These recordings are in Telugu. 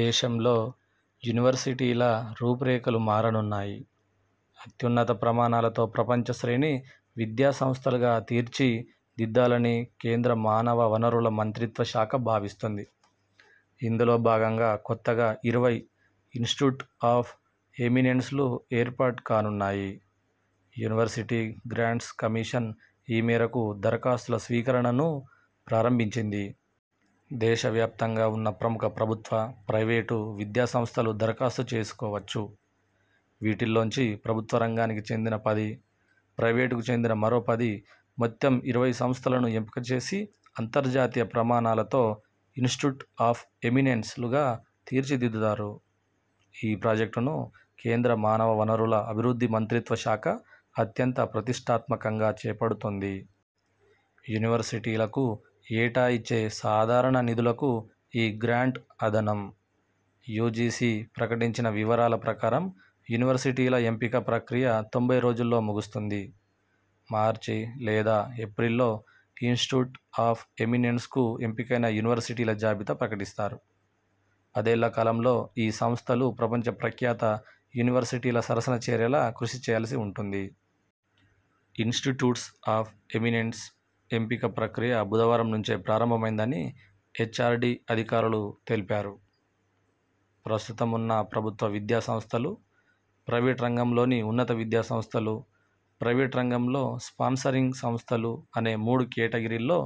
దేశంలో యూనివర్సిటీల రూపురేఖలు మారనున్నాయి. అత్యున్నత ప్రమాణాలతో ప్రపంచ శ్రేణి విద్యాసంస్థలుగా తీర్చి దిద్దాలని కేంద్ర మానవ వనరుల మంత్రిత్వ శాఖ భావిస్తోంది. ఇందులో భాగంగా కొత్తగా ఇరవై 'ఇన్స్టిట్యూట్ ఆఫ్ ఎమినెన్స్'లు ఏర్పాటు కానున్నాయి. యూనివర్శిటీ గ్రాంట్స్ కమిషన్ ఈ మేరకు దరఖాస్తుల స్వీకరణను ప్రారంభించింది. దేశవ్యాప్తంగా ఉన్న ప్రముఖ ప్రభుత్వ, ప్రైవేటు విద్యా సంస్థలు దరఖాస్తు చేసుకోవచ్చు. వీటిల్లోంచి ప్రభుత్వ రంగానికి చెందిన పది, ప్రైవేటుకు చెందిన మరో పది మొత్తం ఇరవై సంస్థలను ఎంపిక చేసి అంతర్జాతీయ ప్రమాణాలతో 'ఇన్స్టిట్యూట్ ఆఫ్ ఎమినెన్స్'లుగా తీర్చిదిద్దుతారు. ఈ ప్రాజెక్టును కేంద్ర మానవ వనరుల అభివృద్ధి మంత్రిత్వ శాఖ అత్యంత ప్రతిష్ఠాత్మకంగా చేపడుతోంది. యూనివర్సిటీలకు ఏటా ఇచ్చే సాధారణ నిధులకు ఈ గ్రాంట్ అదనం. యూజీసీ ప్రకటించిన వివరాల ప్రకారం యూనివర్సిటీల ఎంపిక ప్రక్రియ తొంభై రోజుల్లో ముగుస్తుంది. మార్చి లేదా ఏప్రిల్లో 'ఇన్స్టిట్యూట్ ఆఫ్ ఎమినెన్స్'కు ఎంపికైన యూనివర్సిటీల జాబితా ప్రకటిస్తారు. పదేళ్ల కాలంలో ఈ సంస్థలు ప్రపంచ ప్రఖ్యాత యూనివర్సిటీల సరసన చేరేలా కృషి చేయాల్సి ఉంటుంది. 'ఇన్స్టిట్యూట్స్ ఆఫ్ ఎమినెన్స్' ఎంపిక ప్రక్రియ బుధవారం నుంచే ప్రారంభమైందని హెచ్ఆర్డీ అధికారులు తెలిపారు. ప్రస్తుతమున్న ప్రభుత్వ విద్యా సంస్థలు, ప్రైవేట్ రంగంలోని ఉన్నత విద్యా సంస్థలు, ప్రైవేటు రంగంలో స్పాన్సరింగ్ సంస్థలు అనే మూడు కేటగిరీల్లో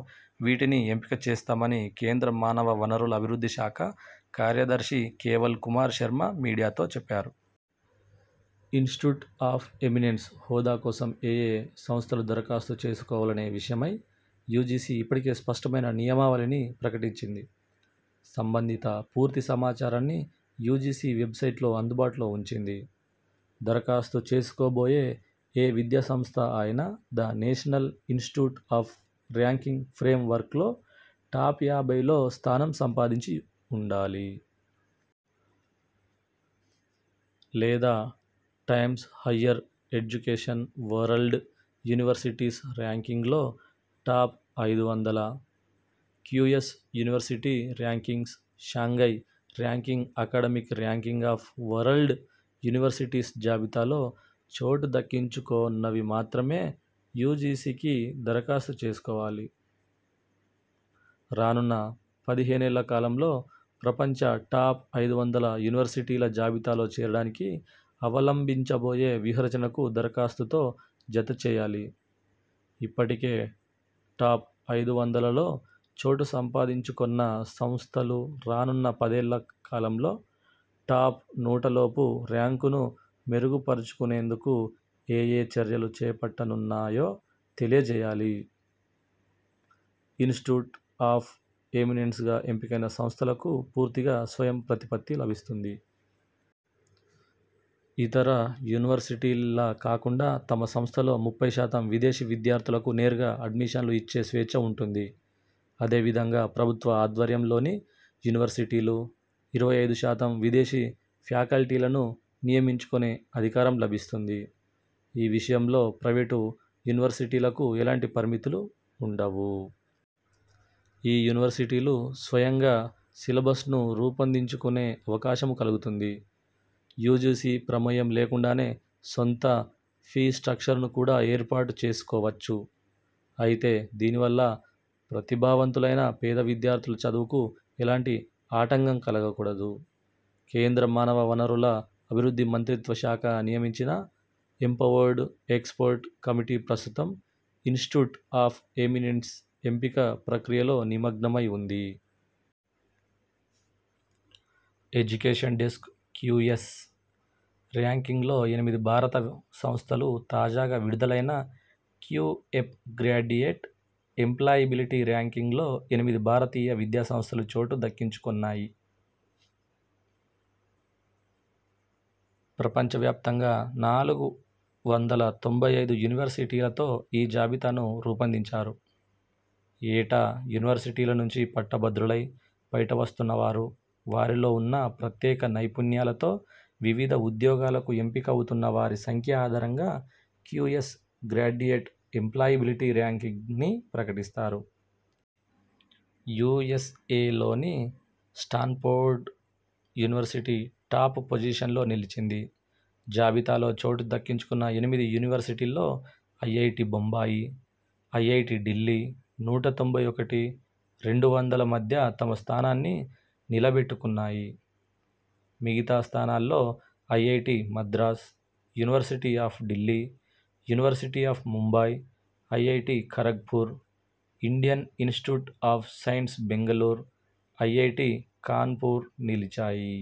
వీటిని ఎంపిక చేస్తామని కేంద్ర మానవ వనరుల అభివృద్ధి శాఖ కార్యదర్శి కేవల్ కుమార్ శర్మ మీడియాతో చెప్పారు. 'ఇన్స్టిట్యూట్ ఆఫ్ ఎమినెన్స్' హోదా కోసం ఏయే సంస్థలు దరఖాస్తు చేసుకోవాలనే విషయమై యూజీసీ ఇప్పటికే స్పష్టమైన నియమావళిని ప్రకటించింది. సంబంధిత పూర్తి సమాచారాన్ని యూజీసీ వెబ్సైట్లో అందుబాటులో ఉంచింది. దరఖాస్తు చేసుకోబోయే ఏ విద్యా సంస్థ అయినా the national institute of ranking frame వర్క్లో టాప్యాభైలో స్థానం సంపాదించి ఉండాలి. లేదా times higher education world universities ర్యాంకింగ్లో టాప్ ఐదు వందల, QS university rankings, Shanghai ranking academic ranking of world universities జాబితాలో చోటు దక్కించుకొన్నవి మాత్రమే యూజీసీకి దరఖాస్తు చేసుకోవాలి రానున్న పదిహేనేళ్ల కాలంలో ప్రపంచ టాప్ ఐదు వందల యూనివర్సిటీల జాబితాలో చేరడానికి అవలంబించబోయే వ్యూహ రచనను దరఖాస్తుతో జత చేయాలి ఇప్పటికే టాప్ ఐదు వందలలో చోటు సంపాదించుకొన్న సంస్థలు రానున్న పదేళ్ల కాలంలో టాప్ నూటలోపు ర్యాంకును మెరుగుపరచుకొనేందుకు ఏయే చర్యలు చేపట్టనున్నాయో తెలియజేయాలి 'ఇన్స్టిట్యూట్ ఆఫ్ ఎమినెన్స్'గా ఎంపికైన సంస్థలకు పూర్తిగా స్వయం ప్రతిపత్తి లభిస్తుంది. ఇతర యూనివర్సిటీల్లా కాకుండా తమ సంస్థలో ముప్పై శాతం విదేశీ విద్యార్థులకు నేరుగా అడ్మిషన్లు ఇచ్చే స్వేచ్ఛ ఉంటుంది అదేవిధంగా ప్రభుత్వ ఆధ్వర్యంలోని యూనివర్సిటీలు ఇరవై ఐదు శాతం విదేశీ ఫ్యాకల్టీలను నియమించుకొనే అధికారం లభిస్తుంది. ఈ విషయంలో ప్రైవేటు యూనివర్సిటీలకు ఎలాంటి పరిమితులు ఉండవు. ఈ యూనివర్సిటీలు స్వయంగా సిలబ్సను రూపొందించుకొనే అవకాశమూ కలుగుతుంది. యూజీసీ ప్రమేయం లేకుండానే సొంత ఫీ స్ట్రక్చర్ను కూడా ఏర్పాటు చేసుకోవచ్చు. అయితే దీనివల్ల ప్రతిభావంతులైన పేద విద్యార్థుల చదువుకు ఎలాంటి ఆటంకం కలగకూడదు. కేంద్ర మానవ వనరుల అభివృద్ధి మంత్రిత్వ శాఖ నియమించిన ఎంపవర్డ్ ఎక్స్పర్ట్ కమిటీ ప్రస్తుతం 'ఇన్స్టిట్యూట్ ఆఫ్ ఎమినెన్స్' ఎంపిక ప్రక్రియలో నిమగ్నమై ఉంది. ఎడ్యుకేషన్ డెస్క్ క్యూఎస్ ర్యాంక్సింగ్స్లో ఎనిమిది భారత సంస్థలు తాజాగా విడుదలైన క్యూఎప్ గ్రాడ్యుయేట్ ఎంప్లాయిబిలిటీ ర్యాంకింగ్స్లో ఎనిమిది భారతీయ విద్యా సంస్థలు చోటు దక్కించుకొన్నాయి. ప్రపంచ వ్యాప్తంగా నాలుగు వందల తొంభై ఐదు యూనివర్సిటీలతో ఈ జాబితాను రూపొందించారు. ఏటా యూనివర్సిటీల నుంచి పట్ట భద్రులై బయట వస్తున్న వారు, వారిలో ఉన్న ప్రత్యేక నైపుణ్యాలతో వివిధ ఉద్యోగాలకు ఎంపికవుతున్న వారి సంఖ్య ఆధారంగా క్యూఎస్ గ్రాడ్యుయేట్ ఎంప్లాయిబిలిటీ ర్యాంక్సింగ్స్ను ప్రకటిస్తారు. యూఎ్సఏలోని స్టాన్ఫోర్డ్ యూనివర్సిటీ టాప్ పొజిషన్లో నిలిచింది. జాబితాలో చోటు దక్కించుకొన్న ఎనిమిది యూనివర్సిటీల్లో ఐఐటీ బొంబాయి, ఐఐటీ ఢిల్లీ నూట తొంభై ఒకటి రెండు వందల మధ్య తమ స్థానాన్ని నిలబెట్టుకున్నాయి. మిగతా స్థానాల్లో IIT Madras, university of Delhi, university of Mumbai, IIT Kharagpur, Indian institute of science Bengaluru, IIT Kanpur నిలిచాయి.